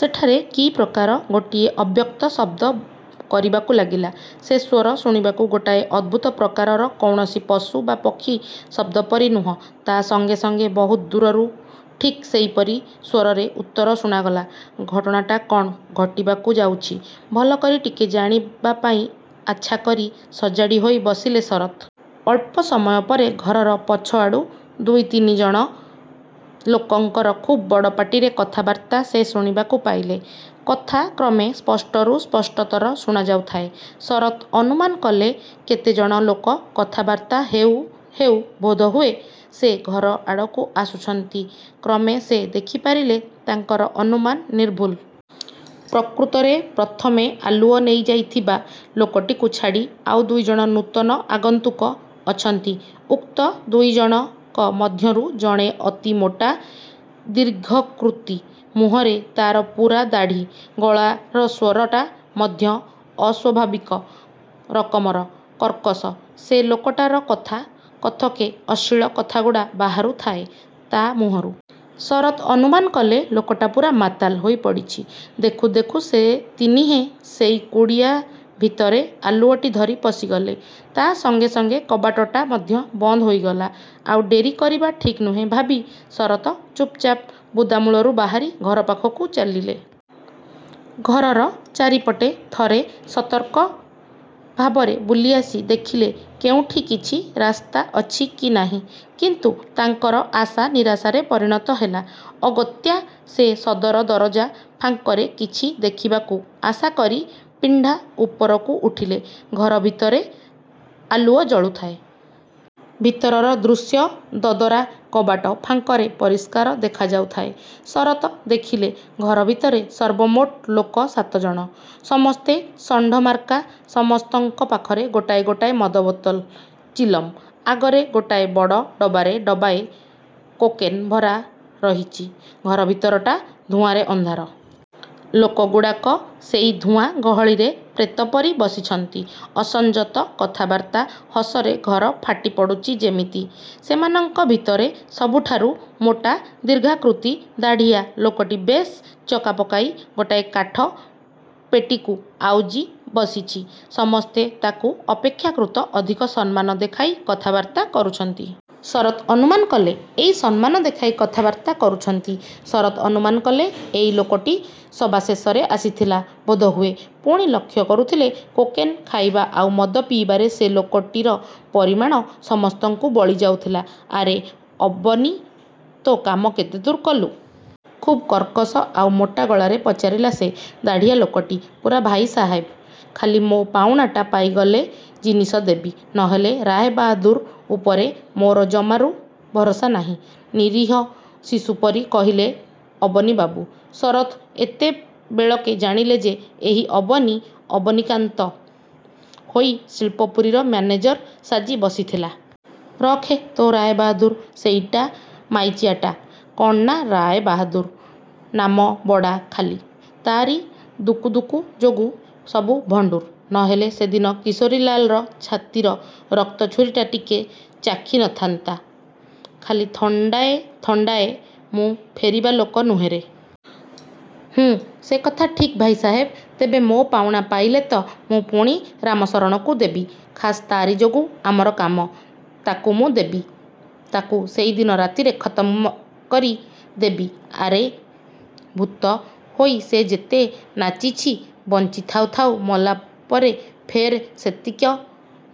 ସେଠାରେ କି ପ୍ରକାର ଗୋଟିଏ ଅବ୍ୟକ୍ତ ଶବ୍ଦ କରିବାକୁ ଲାଗିଲା। ସେ ସ୍ୱର ଶୁଣିବାକୁ ଗୋଟାଏ ଅଦ୍ଭୁତ ପ୍ରକାରର; କୌଣସି ପଶୁ ବା ପକ୍ଷୀର ଶବ୍ଦପରି ନୁହେଁ। ତା' ସଙ୍ଗେ ସଙ୍ଗେ ବହୁତ ଦୂରରୁ ଠିକ୍ ସେଇପରି ସ୍ୱରରେ ଉତ୍ତର ଶୁଣାଗଲା। ଘଟଣାଟା କ'ଣ ଘଟିବାକୁ ଯାଉଛି, ଭଲକରି ଟିକେ ଜାଣିବାପାଇଁ ଆଚ୍ଛାକରି ସଜାଡ଼ି ହୋଇ ବସିଲେ ଶରତ୍। ଅଳ୍ପ ସମୟ ପରେ ଘରର ପଛଆଡ଼ୁ ଦୁଇତିନି ଜଣ ଲୋକଙ୍କର ଖୁବ୍ ବଡ଼ପାଟିର କଥାବାର୍ତ୍ତା ସେ ଶୁଣିବାକୁ ପାଇଲେ। କଥା କ୍ରମେ ସ୍ପଷ୍ଟରୁ ସ୍ପଷ୍ଟତର ଶୁଣାଯାଉଥାଏ। ଶରତ୍ ଅନୁମାନ କଲେ, କେତେଜଣ ଲୋକ କଥାବାର୍ତ୍ତା ହେଉ ହେଉ ବୋଧହୁଏ ସେ। ଘର ଆଡ଼କୁ ଆସୁଛନ୍ତି। କ୍ରମେ ସେ ଦେଖିପାରିଲେ-ତାଙ୍କର ଅନୁମାନ ନିର୍ଭୁଲ। ପ୍ରକୃତରେ ପ୍ରଥମେ ଆଲୁଅ ନେଇଯାଇଥିବା ଲୋକଟିକୁ ଛାଡ଼ି ଆଉ ଦୁଇଜଣ ନୂତନ ଆଗନ୍ତୁକ ଅଛନ୍ତି। ଉକ୍ତ ଦୁଇଜଣକ ମଧ୍ୟରୁ ଜଣେ ଅତି ମୋଟା, ଦୀର୍ଘକୃତି। ମୁହଁରେ ତା'ର ପୂରା ଦାଢ଼ି। ଗଳାର ସ୍ୱରଟା ମଧ୍ୟ ଅସ୍ୱାଭାବିକ ରକମର କର୍କଶ। ସେ ଲୋକଟାର କଥା କଥାକେ ଅଶ୍ଳୀଳ କଥାଗୁଡ଼ା ବାହାରୁ ଥାଏ ତା' ମୁହଁରୁ। ଶରତ୍ ଅନୁମାନ କଲେ-ଲୋକଟା ପୂରା ମାତାଲ ହୋଇ ପଡ଼ିଛି। ଦେଖୁ ଦେଖୁ ସେ ତିନିହେଁ ସେଇ କୁଡ଼ିଆ ଭିତରେ ଆଲୁଅଟି ଧରି ପଶିଗଲେ। ତା ସଙ୍ଗେ ସଙ୍ଗେ କବାଟଟା ମଧ୍ୟ ବନ୍ଦ ହୋଇଗଲା। ଆଉ ଡେରି କରିବା ଠିକ୍ ନୁହେଁ ଭାବି ଶରତ୍ ଚୁପ୍ ଚାପ୍ ବୁଦାମୂଳରୁ ବାହାରି ଘର ପାଖକୁ ଚାଲିଲେ। ଘରର ଚାରିପଟେ ଥରେ ସତର୍କ ଭାବରେ ବୁଲିଆସି ଦେଖିଲେ କେଉଁଠି କିଛି ରାସ୍ତା ଅଛି କି ନାହିଁ। କିନ୍ତୁ ତାଙ୍କର ଆଶା ନିରାଶାରେ ପରିଣତ ହେଲା। ଅଗତ୍ୟା ସେ ସଦର ଦରଜା ଫାଙ୍କରେ କିଛି ଦେଖିବାକୁ ଆଶାକରି ପିଣ୍ଡା ଉପରକୁ ଉଠିଲେ। ଘର ଭିତରେ ଆଲୁଅ ଜଳୁଥାଏ। ଭିତରର ଦୃଶ୍ୟ ଦଦରା କବାଟ ଫାଙ୍କରେ ପରିଷ୍କାର ଦେଖାଯାଉଥାଏ। ଶରତ୍ ଦେଖିଲେ-ଘର ଭିତରେ ସର୍ବମୋଟ ଲୋକ ସାତଜଣ। ସମସ୍ତେ ଷଣ୍ଢ ମାର୍କା। ସମସ୍ତଙ୍କ ପାଖରେ ଗୋଟାଏ ଗୋଟାଏ ମଦ ବୋତଲ, ଚିଲମ୍। ଆଗରେ ଗୋଟାଏ ବଡ଼ ଡବାରେ ଡବାଏ କୋକେନ୍ ଭରା ରହିଛି, ଘର ଭିତରଟା ଧୂଆଁରେ ଅନ୍ଧାର। ଲୋକଗୁଡ଼ାକ ସେଇ ଧୂଆଁ ଗହଳିରେ ପ୍ରେତ ପରି ବସିଛନ୍ତି। ଅସଂଯତ କଥାବାର୍ତ୍ତା, ହସରେ ଘର ଫାଟି ପଡ଼ୁଛି ଯେମିତି-। ସେମାନଙ୍କ ଭିତରେ ସବୁଠାରୁ ମୋଟା, ଦୀର୍ଘାକୃତି, ଦାଢ଼ିଆ ଲୋକଟି ବେଶ୍ ଚକାପକାଇ ଗୋଟାଏ କାଠ ପେଟିକୁ ଆଉଜି ବସିଛି। ସମସ୍ତେ ତାକୁ ଅପେକ୍ଷାକୃତ ଅଧିକ ସମ୍ମାନ ଦେଖାଇ କଥାବାର୍ତ୍ତା କରୁଛନ୍ତି। ଶରତ୍ ଅନୁମାନ କଲେ, ଏଇ ସମ୍ମାନ ଦେଖାଇ କଥାବାର୍ତ୍ତା କରୁଛନ୍ତି। ଶରତ୍ ଅନୁମାନ କଲେ, ଏଇ ଲୋକଟି ସବା ଶେଷରେ ଆସିଥିଲା ବୋଧହୁଏ; ପୁଣି ଲକ୍ଷ୍ୟ କରୁଥିଲେ-କୋକେନ୍ ଖାଇବା ଆଉ ମଦ ପିଇବାରେ ସେ ଲୋକଟିର ପରିମାଣ ସମସ୍ତଙ୍କୁ ବଳି ଯାଉଥିଲା। ''ଆରେ ଅବନୀ! ତୋ କାମ କେତେ ଦୂର କଲୁ? '' ଖୁବ୍ କର୍କଶ ଆଉ ମୋଟା ଗଳାରେ ପଚାରିଲା ସେ ଦାଢ଼ିଆ ଲୋକଟି। ''ପୂରା ଭାଇ ସାହେବ! ଖାଲି ମୋ ପାଉଣାଟା ପାଇଗଲେ ଜିନିଷ ଦେବି। ନହେଲେ ରାୟବାହାଦୁର ଉପରେ ମୋର ଜମାରୁ ଭରସା ନାହିଁ। '' ନିରୀହ ଶିଶୁପରି କହିଲେ ଅବନୀବାବୁ। ଶରତ୍ ଏତେ ବେଳକେ ଜାଣିଲେ ଯେ-ଏହି ଅବନୀ ଅବନୀକାନ୍ତ ହୋଇ ଶିଳ୍ପପୁରୀର ମ୍ୟାନେଜର ସାଜି ବସିଥିଲା। ''ରଖ୍ରେ ତୋ ରାୟବାହାଦୁର। ସେଇଟା ମାଈଚିଆଟାଏ। କ'ଣ ନା, ନାଁ ରାୟବାହାଦୁର; ନାମ ବଡ଼ା ଖାଲି; ତା'ରି ଦୁକୁ ଦୁକୁ ଯୋଗୁ ସବୁ ଭଣ୍ଡୁର। ନହେଲେ ସେଦିନ କିଶୋରୀଲାଲର ଛାତିର ରକ୍ତ ଛୁରୀଟା ଟିକେ ଚାଖି ନଥାନ୍ତା? ଖାଲି ଥଣ୍ଡାଏ ଥଣ୍ଡାଏ ମୁଁ ଫେରିବା ଲୋକ ନୁହେଁରେ। ହୁଁ '' ''ସେ କଥା ଠିକ୍ ଭାଇ ସାହେବ! ତେବେ ମୋ ପାଉଣା ପାଇଲେତ ମୁଁ ପୁଣି ରାମ ଶରଣକୁ ଦେବି। ଖାସ୍ ତା'ରି ଯୋଗୁ ଆମର କାମ। '' ''ତାକୁ ମୁଁ ଦେବି; ତାକୁ ସେଇଦିନ ରାତିରେ ଖତମ୍କରି ଦେବି। ଆରେ, ଭୁତ ହୋଇ ସେ ଯେତେ ନାଚିଛି ବଞ୍ଚି ଥାଉ ଥାଉ, ମଲା ପରେ ଫେରେ ସେତିକି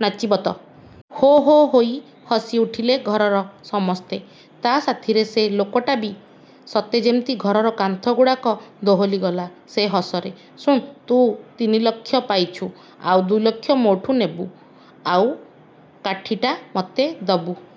ନାଚିବ ତ! '' ହୋ ହୋ' ହୋଇ ହସି ଉଠିଲେ ଘରର ସମସ୍ତେ; ତା' ସାଥିରେ ସେ ଲୋକଟା ବି। ସତେ ଯେମିତି ଘରର କାନ୍ଥ ଗୁଡ଼ାକ ଦୋହଲିଗଲା ସେ ହସରେ। ''ଶୁଣ୍! ତୁ ତିନିଲକ୍ଷ ପାଇଛୁ। ଆଉ ଦୁଇଲକ୍ଷ ମୋଠୁ ନେବୁ ଆଉ କାଠିଟା ମତେ ଦବୁ-।